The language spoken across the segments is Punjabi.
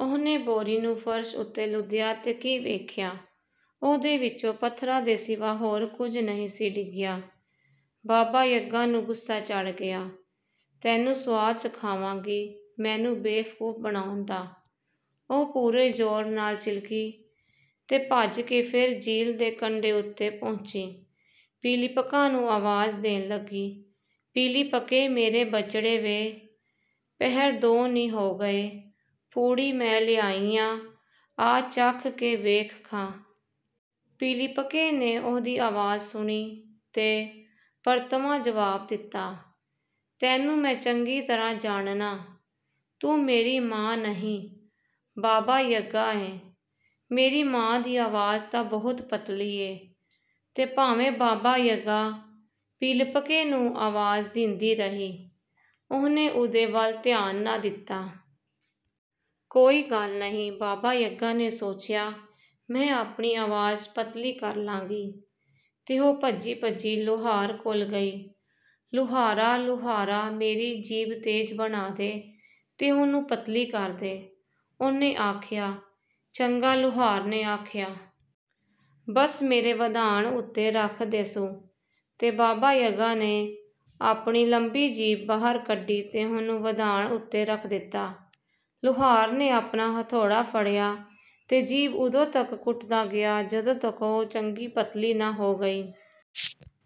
ਉਹਨੇ ਬੋਰੀ ਨੂੰ ਫ਼ਰਸ਼ ਉੱਤੇ ਲੁਦਿਆ ਤੇ ਕੀ ਵੇਖਿਆ! ਉਹਦੇ ਵਿਚੋਂ ਪੱਥਰਾਂ ਦੇ ਸਿਵਾ ਹੋਰ ਕੁਝ ਨਹੀਂ ਸੀ ਡਿਗਿਆ। ਬਾਬਾ-ਯਗਾ ਨੂੰ ਗੁੱਸਾ ਚੜ੍ਹ ਗਿਆ। "ਤੈਨੂੰ ਸੁਆਦ ਚਖਾਵਾਂਗੀ, ਮੈਨੂੰ ਬੇਵਕੂਫ਼ ਬਣਾਉਣ ਦਾ!" ਉਹ ਪੂਰੇ ਜ਼ੋਰ ਨਾਲ ਚਿਲਕੀ ਤੇ ਭੱਜ ਕੇ ਫੇਰ ਝੀਲ ਦੇ ਕੰਢੇ ਉੱਤੇ ਪਹੁੰਚੀ, ਪਿਲੀਪਕਾ ਨੂੰ ਆਵਾਜ਼ ਦੇਣ ਲੱਗੀ, "ਪਿਲੀਪਕੇ, ਮੇਰੇ ਬਚੜੇ, ਵੇ, ਪਹਿਰ ਦੋ ਨੀ ਹੋ ਗਏ, ਪੂੜੀ ਮੈਂ ਲਿਆਈ ਆਂ, ਆ ਚੱਖ ਕੇ ਵੇਖ ਖਾਂ। ਪਿਲੀਪਕੇ ਨੇ ਉਹਦੀ ਆਵਾਜ਼ ਸੁਣੀ ਤੇ ਪਰਤਵਾਂ ਜਵਾਬ ਦਿੱਤਾ, "ਤੈਨੂੰ ਮੈਂ ਚੰਗੀ ਤਰ੍ਹਾਂ ਜਾਣਨਾਂ। ਤੂੰ ਮੇਰੀ ਮਾਂ ਨਹੀਂ, ਬਾਬਾ-ਯਗਾ ਏਂ। ਮੇਰੀ ਮਾਂ ਦੀ ਆਵਾਜ਼ ਤਾਂ ਬਹੁਤ ਪਤਲੀ ਏ।" ਤੇ ਭਾਵੇਂ ਬਾਬਾ-ਯਗਾ ਪਿਲੀਪਕੇ ਨੂੰ ਆਵਾਜ਼ਾਂ ਦਿੰਦੀ ਰਹੀ, ਉਹਨੇ ਉਹਦੇ ਵੱਲ ਧਿਆਨ ਨਾ ਦਿੱਤਾ। "ਕੋਈ ਗੱਲ ਨਹੀਂ," ਬਾਬਾ-ਯਗਾ ਨੇ ਸੋਚਿਆ, "ਮੈਂ ਆਪਣੀ ਆਵਾਜ਼ ਪਤਲੀ ਕਰ ਲਾਂਗੀ।" ਤੇ ਉਹ ਭੱਜੀ-ਭੱਜੀ ਲੁਹਾਰ ਕੋਲ ਗਈ। "ਲੁਹਾਰਾ, ਲੁਹਾਰਾ, ਮੇਰੀ ਜੀਭ ਤੇਜ਼ ਬਣਾ ਦੇ ਤੇ ਉਹਨੂੰ ਪਤਲੀ ਕਰ ਦੇ," ਉਹਨੇ ਆਖਿਆ। "ਚੰਗਾ," ਲੁਹਾਰ ਨੇ ਆਖਿਆ। "ਬਸ ਮੇਰੇ ਵਧਾਣ ਉੱਤੇ ਰੱਖ ਦੇ ਸੁ।" ਤੇ ਬਾਬਾ-ਯਗਾ ਨੇ ਆਪਣੀ ਲੰਮੀ ਜੀਭ ਬਾਹਰ ਕੱਢੀ ਤੇ ਉਹਨੂੰ ਵਧਾਣ ਉੱਤੇ ਰੱਖ ਦਿੱਤਾ। ਲੁਹਾਰ ਨੇ ਆਪਣਾ ਹਥੌੜਾ ਫੜਿਆ ਤੇ ਜੀਭ ਓਦੋਂ ਤਕ ਕੁੱਟਦਾ ਗਿਆ, ਜਦੋਂ ਤਕ ਉਹ ਚੰਗੀ ਪਤਲੀ ਨਾ ਹੋ ਗਈ।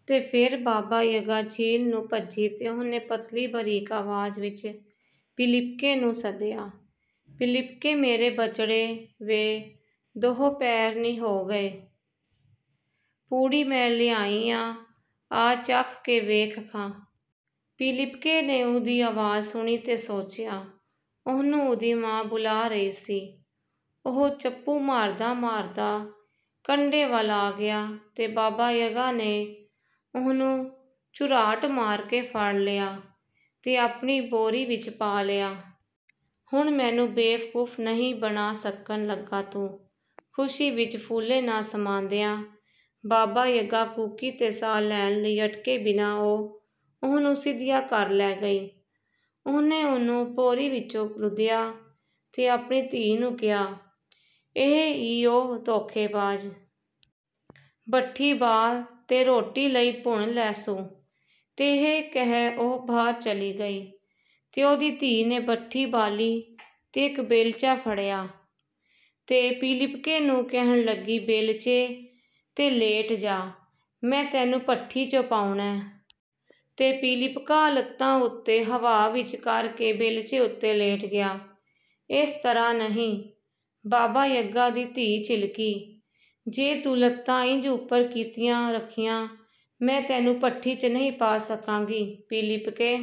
ਤੇ ਫੇਰ ਬਾਬਾ-ਯਗਾ ਝੀਲ ਨੂੰ ਭੱਜੀ ਤੇ ਉਹਨੇ ਪਤਲੀ, ਬਰੀਕ ਆਵਾਜ਼ ਵਿੱਚ ਪਿਲੀਪਕੇ ਨੂੰ ਸੱਦਿਆ, "ਪਿਲੀਪਕੇ, ਮੇਰੇ ਬਚੜੇ, ਵੇ, ਦੋ ਪਹਿਰ ਨੀ ਹੋ ਗਏ, ਪੂੜੀ ਮੈਂ ਲਿਆਈ ਆਂ, ਆ ਚੱਖ ਕੇ ਵੇਖ ਖਾਂ!" ਪਿਲੀਪਕੇ ਨੇ ਉਹਦੀ ਆਵਾਜ਼ ਸੁਣੀ ਤੇ ਸੋਚਿਆ, ਉਹਨੂੰ ਉਹਦੀ ਮਾਂ ਬੁਲਾ ਰਹੀ ਸੀ। ਉਹ ਚੱਪੂ ਮਾਰਦਾ-ਮਾਰਦਾ ਕੰਢੇ ਵੱਲ ਆ ਗਿਆ ਤੇ ਬਾਬਾ-ਯਗਾ ਨੇ ਉਹਨੂੰ ਝੁਰਾਟ ਮਾਰ ਕੇ ਫੜ ਲਿਆ ਤੇ ਆਪਣੀ ਬੋਰੀ ਵਿੱਚ ਪਾ ਲਿਆ। "ਹੁਣ ਮੈਨੂੰ ਬੇਵਕੂਫ਼ ਨਹੀਂ ਬਣਾ ਸਕਣ ਲੱਗਾ ਤੂੰ!" ਖੁਸ਼ੀ ਵਿੱਚ ਫੁੱਲੇ ਨਾ ਸਮਾਂਦਿਆਂ, ਬਾਬਾ-ਯਗਾ ਕੂਕੀ ਤੇ ਸਾਹ ਲੈਣ ਲਈ ਅਟਕੇ ਬਿਨਾਂ ਉਹ ਉਹਨੂੰ ਸਿੱਧਿਆਂ ਘਰ ਲੈ ਗਈ। ਉਹਨੇ ਉਹਨੂੰ ਬੋਰੀ ਵਿਚੋਂ ਲੁਦਿਆ ਤੇ ਆਪਣੀ ਧੀ ਨੂੰ ਕਿਹਾ, "ਇਹ ਈ ਉਹ ਧੋਖੇਬਾਜ਼! ਭੱਠੀ ਬਾਲ ਤੇ ਰੋਟੀ ਲਈ ਭੁੰਨ ਲੈ ਸੁ।" ਤੇ ਇਹ ਕਹਿ ਉਹ ਬਾਹਰ ਚਲੀ ਗਈ। ਤੇ ਉਹਦੀ ਧੀ ਨੇ ਭੱਠੀ ਬਾਲੀ ਤੇ ਇਕ ਬੇਲਚਾ ਫੜਿਆ, ਤੇ ਪਿਲੀਪਕੇ ਨੂੰ ਕਹਿਣ ਲੱਗੀ, "ਬੇਲਚੇ 'ਤੇ ਲੇਟ ਜਾ, ਮੈਂ ਤੈਨੂੰ ਭੱਠੀ 'ਚ ਪਾਉਣੈ।" ਤੇ ਪਿਲੀਪਕਾ ਲੱਤਾਂ ਉੱਤੇ ਹਵਾ ਵਿੱਚ ਕਰ ਕੇ ਬੇਲਚੇ ਉੱਤੇ ਲੇਟ ਗਿਆ। "ਏਸ ਤਰ੍ਹਾਂ ਨਹੀਂ!" ਬਾਬਾ-ਯਗਾ ਦੀ ਧੀ ਚਿਲਕੀ। "ਜੇ ਤੂੰ ਲੱਤਾਂ ਇੰਜ ਉੱਪਰ ਕੀਤੀਆਂ ਰੱਖੀਆਂ, ਮੈਂ ਤੈਨੂੰ ਭੱਠੀ 'ਚ ਨਹੀਂ ਪਾ ਸਕਾਂਗੀ।" ਪਿਲੀਪਕੇ